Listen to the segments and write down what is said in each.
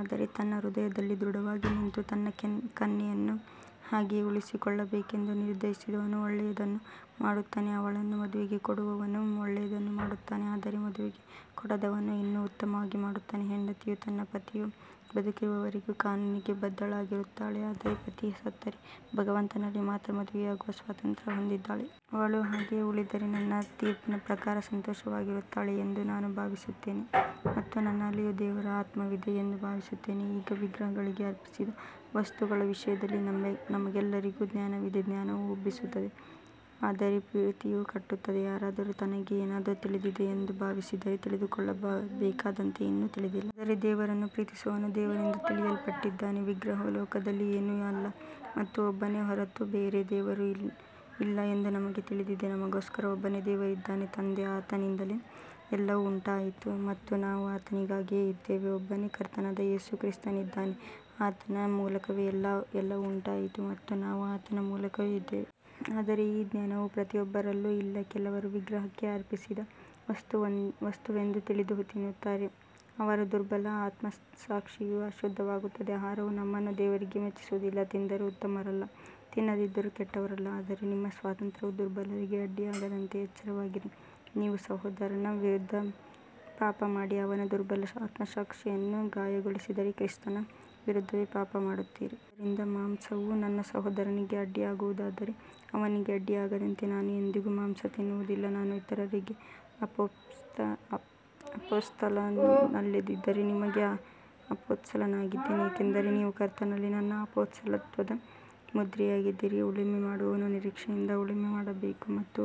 ಆದರೆ ತನ್ನ ಹೃದಯದಲ್ಲಿ ದೃಢವಾಗಿ ನಿಂತು ತನ್ನ ಕನ್ಯೆಯನ್ನು ಹಾಗೆಯೇ ಉಳಿಸಿಕೊಳ್ಳಬೇಕೆಂದು ನಿರ್ಧರಿಸಿದವನು ಒಳ್ಳೆಯದನ್ನು ಮಾಡುತ್ತಾನೆ. ಅವಳನ್ನು ಮದುವೆಗೆ ಕೊಡುವವನು ಒಳ್ಳೆಯದನ್ನು ಮಾಡುತ್ತಾನೆ, ಆದರೆ ಮದುವೆಗೆ ಕೊಡದವನು ಇನ್ನೂ ಉತ್ತಮವಾಗಿ ಮಾಡುತ್ತಾನೆ. ಹೆಂಡತಿಯು ತನ್ನ ಪತಿಯು ಬದುಕಿರುವವರೆಗೂ ಕಾನೂನಿಗೆ ಬದ್ಧಳಾಗಿರುತ್ತಾಳೆ, ಆದರೆ ಪತಿ ಸತ್ತರೆ ಭಗವಂತನಲ್ಲಿ ಮಾತ್ರ ಮದುವೆಯಾಗುವ ಸ್ವಾತಂತ್ರ್ಯ ಹೊಂದಿದ್ದಾಳೆ. ಅವಳು ಹಾಗೆಯೇ ಉಳಿದರೆ ನನ್ನ ತೀರ್ಪಿನ ಪ್ರಕಾರ ಸಂತೋಷವಾಗಿರುತ್ತಾಳೆ ಎಂದು ನಾನು ಭಾವಿಸುತ್ತೇನೆ, ಮತ್ತು ನನ್ನಲ್ಲಿಯೂ ದೇವರ ಆತ್ಮವಿದೆ ಎಂದು ಭಾವಿಸುತ್ತೇನೆ. ಈಗ ವಿಗ್ರಹಗಳಿಗೆ ಅರ್ಪಿಸಿದ ವಸ್ತುಗಳ ವಿಷಯದಲ್ಲಿ ನಮಗೆಲ್ಲರಿಗೂ ಜ್ಞಾನವಿದೆ. ಜ್ಞಾನವು ಉಬ್ಬಿಸುತ್ತದೆ, ಆದರೆ ಪ್ರೀತಿಯು ಕಟ್ಟುತ್ತದೆ. ಯಾರಾದರೂ ತನಗೆ ಏನಾದರೂ ತಿಳಿದಿದೆ ಎಂದು ಭಾವಿಸಿದರೆ, ತಿಳಿದುಕೊಳ್ಳಬೇಕಾದಂತೆ ಇನ್ನೂ ತಿಳಿದಿಲ್ಲ. ಆದರೆ ದೇವರನ್ನು ಪ್ರೀತಿಸುವವನು ದೇವರಿಂದ ತಿಳಿಯಲ್ಪಟ್ಟಿದ್ದಾನೆ. ವಿಗ್ರಹವು ಲೋಕದಲ್ಲಿ ಏನೂ ಅಲ್ಲ ಮತ್ತು ಒಬ್ಬನೇ ಹೊರತು ಬೇರೆ ದೇವರು ಇಲ್ಲ ಎಂದು ನಮಗೆ ತಿಳಿದಿದೆ. ನಮಗೋಸ್ಕರ ಒಬ್ಬನೇ ದೇವರಿದ್ದಾನೆ, ತಂದೆ, ಆತನಿಂದಲೇ ಎಲ್ಲವೂ ಉಂಟಾಯಿತು ಮತ್ತು ನಾವು ಆತನಿಗಾಗಿಯೇ ಇದ್ದೇವೆ. ಒಬ್ಬನೇ ಕರ್ತನಾದ ಯೇಸು ಕ್ರಿಸ್ತನಿದ್ದಾನೆ, ಆತನ ಮೂಲಕವೇ ಎಲ್ಲವೂ ಉಂಟಾಯಿತು ಮತ್ತು ನಾವು ಆತನ ಮೂಲಕವೇ ಇದ್ದೇವೆ. ಆದರೆ ಈ ಜ್ಞಾನವು ಪ್ರತಿಯೊಬ್ಬರಲ್ಲೂ ಇಲ್ಲ. ಕೆಲವರು ವಿಗ್ರಹಕ್ಕೆ ಅರ್ಪಿಸಿದ ವಸ್ತುವೆಂದು ತಿಳಿದು ತಿನ್ನುತ್ತಾರೆ, ಅವರ ದುರ್ಬಲ ಆತ್ಮಸಾಕ್ಷಿಯು ಅಶುದ್ಧವಾಗುತ್ತದೆ. ಆಹಾರವು ನಮ್ಮನ್ನು ದೇವರಿಗೆ ಮೆಚ್ಚಿಸುವುದಿಲ್ಲ, ತಿಂದರೂ ಉತ್ತಮರಲ್ಲ, ತಿನ್ನದಿದ್ದರೂ ಕೆಟ್ಟವರಲ್ಲ. ಆದರೆ ನಿಮ್ಮ ಸ್ವಾತಂತ್ರ್ಯವು ದುರ್ಬಲರಿಗೆ ಅಡ್ಡಿಯಾಗದಂತೆ ಎಚ್ಚರವಾಗಿರಿ. ನೀವು ಸಹೋದರನ ವಿರುದ್ಧ ಪಾಪಮಾಡಿ ಅವನ ದುರ್ಬಲ ಆತ್ಮಸಾಕ್ಷಿಯನ್ನು ಗಾಯಗೊಳಿಸಿದರೆ ಕ್ರಿಸ್ತನ ವಿರುದ್ಧವೇ ಪಾಪಮಾಡುತ್ತೀರಿ. ಆದ್ದರಿಂದ ಮಾಂಸವು ನನ್ನ ಸಹೋದರನಿಗೆ ಅಡ್ಡಿಯಾಗುವುದಾದರೆ, ಅವನಿಗೆ ಅಡ್ಡಿಯಾಗದಂತೆ ನಾನು ಎಂದಿಗೂ ಮಾಂಸ ತಿನ್ನುವುದಿಲ್ಲ. ನಾನು ಇತರರಿಗೆ ಅಪೊಸ್ತಲನಲ್ಲದಿದ್ದರೂ ನಿಮಗೆ ಅಪೊಸ್ತಲನಾಗಿದ್ದೇನೆ, ಏಕೆಂದರೆ ನೀವು ಕರ್ತನಲ್ಲಿ ನನ್ನ ಅಪೊಸ್ತಲತ್ವದ ಮುದ್ರೆಯಾಗಿದ್ದೀರಿ. ಉಳುಮೆ ಮಾಡುವವನು ನಿರೀಕ್ಷೆಯಿಂದ ಉಳುಮೆ ಮಾಡಬೇಕು ಮತ್ತು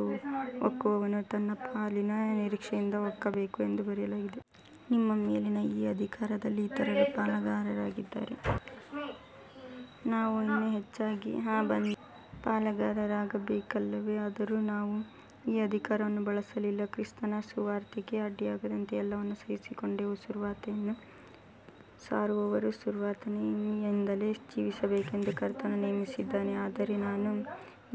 ಒಕ್ಕುವವನು ತನ್ನ ಪಾಲಿನ ನಿರೀಕ್ಷೆಯಿಂದ ಒಕ್ಕಬೇಕು ಎಂದು ಬರೆಯಲಾಗಿದೆ. ನಿಮ್ಮ ಮೇಲಿನ ಈ ಅಧಿಕಾರದಲ್ಲಿ ಇತರರು ಪಾಲುಗಾರರಾಗಿದ್ದರೆ ನಾವು ಇನ್ನೂ ಹೆಚ್ಚಾಗಿ ಪಾಲುಗಾರರಾಗಬೇಕಲ್ಲವೇ. ಆದರೂ ನಾವು ಈ ಅಧಿಕಾರವನ್ನು ಬಳಸಲಿಲ್ಲ, ಕ್ರಿಸ್ತನ ಸುವಾರ್ತೆಗೆ ಅಡ್ಡಿಯಾಗದಂತೆ ಎಲ್ಲವನ್ನೂ ಸಹಿಸಿಕೊಂಡೆವು. ಸುವಾರ್ತೆಯನ್ನು ಸಾರುವವರು ಸುವಾರ್ತೆಯಿಂದಲೇ ಜೀವಿಸಬೇಕೆಂದು ಕರ್ತನು ನೇಮಿಸಿದ್ದಾನೆ. ಆದರೆ ನಾನು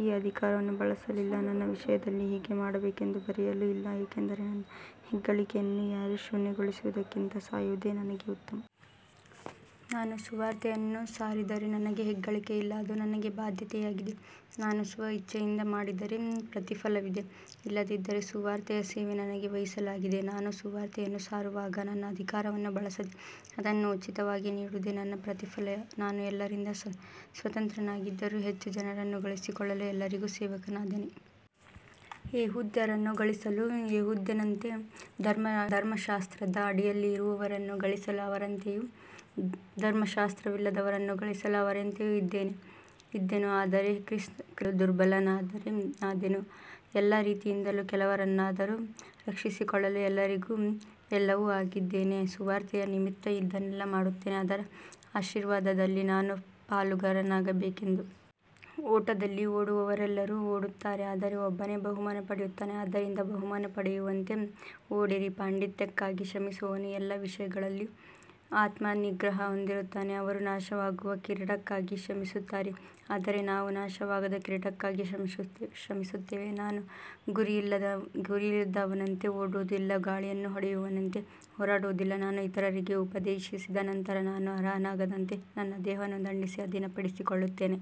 ಈ ಅಧಿಕಾರವನ್ನು ಬಳಸಲಿಲ್ಲ, ನನ್ನ ವಿಷಯದಲ್ಲಿ ಹೀಗೆ ಮಾಡಬೇಕೆಂದು ಬರೆಯಲೂ ಇಲ್ಲ, ಏಕೆಂದರೆ ನನ್ನ ಹೆಗ್ಗಳಿಕೆಯನ್ನು ಯಾರೂ ಶೂನ್ಯಗೊಳಿಸುವುದಕ್ಕಿಂತ ಸಾಯುವುದೇ ನನಗೆ ಉತ್ತಮ. ನಾನು ಸುವಾರ್ತೆಯನ್ನು ಸಾರಿದರೆ ನನಗೆ ಹೆಗ್ಗಳಿಕೆಯಿಲ್ಲ, ಅದು ನನಗೆ ಬಾಧ್ಯತೆಯಾಗಿದೆ. ನಾನು ಸ್ವಇಚ್ಛೆಯಿಂದ ಮಾಡಿದರೆ ಪ್ರತಿಫಲವಿದೆ, ಇಲ್ಲದಿದ್ದರೂ ಸುವಾರ್ತೆಯ ಸೇವೆ ನನಗೆ ವಹಿಸಲಾಗಿದೆ. ನಾನು ಸುವಾರ್ತೆಯನ್ನು ಸಾರುವಾಗ ನನ್ನ ಅಧಿಕಾರವನ್ನು ಬಳಸದೆ ಅದನ್ನು ಉಚಿತವಾಗಿ ನೀಡುವುದೇ ನನ್ನ ಪ್ರತಿಫಲ. ನಾನು ಎಲ್ಲರಿಂದ ಸ್ವತಂತ್ರನಾಗಿದ್ದರೂ ಹೆಚ್ಚು ಜನರನ್ನು ಗಳಿಸಿಕೊಳ್ಳಲು ಎಲ್ಲರಿಗೂ ಸೇವಕನಾದೆ. ಯೆಹೂದ್ಯರನ್ನು ಗಳಿಸಲು ಯೆಹೂದ್ಯನಂತೆ, ಧರ್ಮಶಾಸ್ತ್ರದ ಅಡಿಯಲ್ಲಿ ಇರುವವರನ್ನು ಗಳಿಸಲು ಅವರಂತೆಯೂ, ಧರ್ಮಶಾಸ್ತ್ರವಿಲ್ಲದವರನ್ನು ಗಳಿಸಲು ಅವರಂತೆಯೂ ಇದ್ದೆನು, ಆದರೆ ಕ್ರಿಸ್ತನ ಧರ್ಮಶಾಸ್ತ್ರದ ಅಡಿಯಲ್ಲಿ ಇದ್ದೆನು. ದುರ್ಬಲರನ್ನು ಗಳಿಸಲು ದುರ್ಬಲನಾದೆನು. ಎಲ್ಲ ರೀತಿಯಿಂದಲೂ ಕೆಲವರನ್ನಾದರೂ ರಕ್ಷಿಸಿಕೊಳ್ಳಲು ಎಲ್ಲರಿಗೂ ಎಲ್ಲವೂ ಆಗಿದ್ದೇನೆ. ಸುವಾರ್ತೆಯ ನಿಮಿತ್ತ ಇದನ್ನೆಲ್ಲ ಮಾಡುತ್ತೇನೆ, ಅದರ ಆಶೀರ್ವಾದದಲ್ಲಿ ನಾನೂ ಪಾಲುಗಾರನಾಗಬೇಕೆಂದು. ಓಟದಲ್ಲಿ ಓಡುವವರೆಲ್ಲರೂ ಓಡುತ್ತಾರೆ, ಆದರೆ ಒಬ್ಬನೇ ಬಹುಮಾನ ಪಡೆಯುತ್ತಾನೆ. ಆದ್ದರಿಂದ ಬಹುಮಾನ ಪಡೆಯುವಂತೆ ಓಡಿರಿ. ಪಾಂಡಿತ್ಯಕ್ಕಾಗಿ ಶ್ರಮಿಸುವವನು ಎಲ್ಲ ವಿಷಯಗಳಲ್ಲಿಯೂ ಆತ್ಮನಿಗ್ರಹ ಹೊಂದಿರುತ್ತಾನೆ. ಅವರು ನಾಶವಾಗುವ ಕಿರೀಟಕ್ಕಾಗಿ ಶ್ರಮಿಸುತ್ತಾರೆ, ಆದರೆ ನಾವು ನಾಶವಾಗದ ಕಿರೀಟಕ್ಕಾಗಿ ಶ್ರಮಿಸುತ್ತೇವೆ. ನಾನು ಗುರಿಯಿಲ್ಲದವನಂತೆ ಓಡುವುದಿಲ್ಲ, ಗಾಳಿಯನ್ನು ಹೊಡೆಯುವವನಂತೆ ಹೋರಾಡುವುದಿಲ್ಲ. ನಾನು ಇತರರಿಗೆ ಉಪದೇಶಿಸಿದ ನಂತರ ನಾನೇ ಅನರ್ಹನಾಗದಂತೆ ನನ್ನ ದೇಹವನ್ನು ದಂಡಿಸಿ ಅಧೀನಪಡಿಸಿಕೊಳ್ಳುತ್ತೇನೆ.